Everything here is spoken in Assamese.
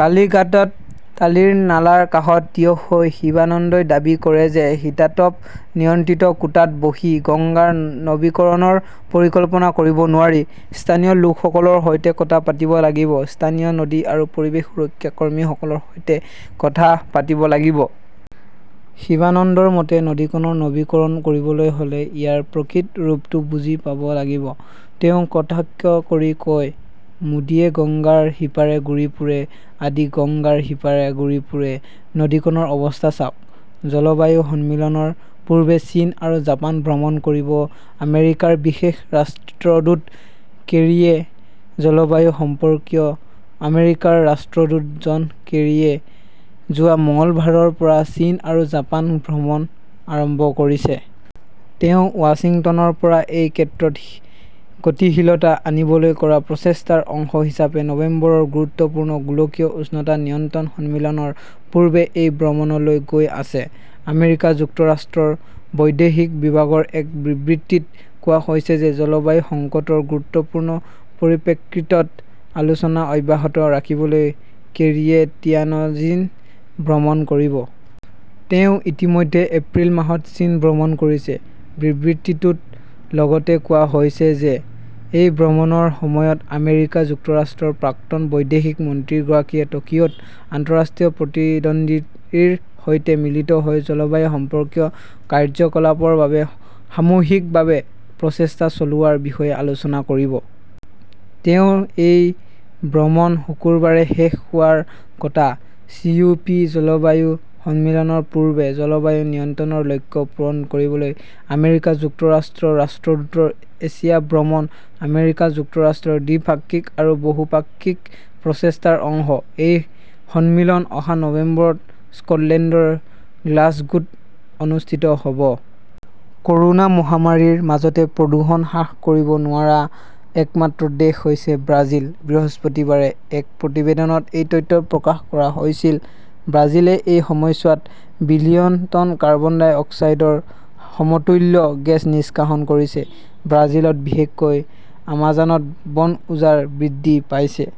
কালিঘাটত টালিৰ নালাৰ কাষত থিয় হৈ শিৱানন্দই দাবী কৰে যে শীতাতপ নিয়ন্ত্ৰিত কোঠাত বহি গংগাৰ নৱীকৰণৰ পৰিকল্পনা কৰিব নোৱাৰি। স্থানীয় লোকসকলৰ সৈতে কথা পাতিব লাগিব, স্থানীয় নদী আৰু পৰিৱেশ সুৰক্ষা কৰ্মীসকলৰ সৈতে কথা পাতিব লাগিব। শিৱানন্দৰ মতে, নদীখনৰ নৱীকৰণ কৰিবলৈ হ'লে ইয়াৰ প্ৰকৃত ৰূপটো বুজি পাব লাগিব। তেওঁ কটাক্ষ কৰি কয়, "মোদীয়ে গংগাৰ সিপাৰে ঘূৰি ফুৰে, আদি গংগাৰ সিপাৰে ঘূৰি ফুৰে, নদীখনৰ অৱস্থা চাওক। "। জলবায়ু সন্মিলনৰ পূৰ্বে চীন আৰু জাপান ভ্ৰমণ কৰিব আমেৰিকাৰ বিশেষ ৰাষ্ট্ৰদূত কেৰীয়ে জলবায়ু সম্পৰ্কীয় আমেৰিকাৰ ৰাষ্ট্ৰদূত জন কেৰীয়ে যোৱা মঙলবাৰৰ পৰা চীন আৰু জাপান ভ্ৰমণ আৰম্ভ কৰিছে। তেওঁ ৱাশ্বিংটনৰ পৰা এই ক্ষেত্ৰত গতিশীলতা আনিবলৈ কৰা প্ৰচেষ্টাৰ অংশ হিচাপে নৱেম্বৰৰ গুৰুত্বপূৰ্ণ গোলকীয় উষ্ণতা নিয়ন্ত্ৰণ সন্মিলনৰ পূৰ্বে এই ভ্ৰমণলৈ গৈ আছে। আমেৰিকা যুক্তৰাষ্ট্ৰৰ বৈদেশিক বিভাগৰ এক বিবৃতিত কোৱা হৈছে যে জলবায়ু সংকটৰ গুৰুত্বপূৰ্ণ পৰিপ্ৰেক্ষিতত আলোচনা অব্যাহত ৰাখিবলৈ কেৰীয়ে তিয়ানজিন ভ্ৰমণ কৰিব। তেওঁ ইতিমধ্যে এপ্ৰিল মাহত চীন ভ্ৰমণ কৰিছে। বিবৃতিটোত লগতে কোৱা হৈছে যে এই ভ্ৰমণৰ সময়ত আমেৰিকা যুক্তৰাষ্ট্ৰৰ প্ৰাক্তন বৈদেশিক মন্ত্ৰীগৰাকীয়ে টকিঅ 'ত আন্তঃৰাষ্ট্ৰীয় প্ৰতিদ্বন্দ্বীৰ সৈতে মিলিত হৈ জলবায়ু সম্পৰ্কীয় কাৰ্যকলাপৰ বাবে সামূহিকভাৱে প্ৰচেষ্টা চলোৱাৰ বিষয়ে আলোচনা কৰিব। তেওঁৰ এই ভ্ৰমণ শুক্ৰবাৰে শেষ হোৱাৰ কথা। চি. ও. পি. জলবায়ু সন্মিলনৰ পূৰ্বে জলবায়ু নিয়ন্ত্ৰণৰ লক্ষ্য পূৰণ কৰিবলৈ আমেৰিকা যুক্তৰাষ্ট্ৰৰ ৰাষ্ট্ৰদূতৰ এছিয়া ভ্ৰমণ আমেৰিকা যুক্তৰাষ্ট্ৰৰ দ্বিপাক্ষিক আৰু বহুপাক্ষিক প্ৰচেষ্টাৰ অংশ। এই সন্মিলন অহা নৱেম্বৰত স্কটলেণ্ডৰ গ্লাছগোত অনুষ্ঠিত হ'ব। ক'ৰোনা মহামাৰীৰ মাজতে প্ৰদূষণ হ্ৰাস কৰিব নোৱাৰা একমাত্ৰ দেশ হৈছে ব্ৰাজিল। বৃহস্পতিবাৰে এক প্ৰতিবেদনত এই তথ্য প্ৰকাশ কৰা হৈছিল। ব্ৰাজিলে এই সময়ছোৱাত বিলিয়ন টন কাৰ্বন ডাই অক্সাইডৰ সমতুল্য গেছ নিষ্কাশন কৰিছে। ব্ৰাজিলত বিশেষকৈ আমাজনত বন উজাৰ বৃদ্ধি পাইছে।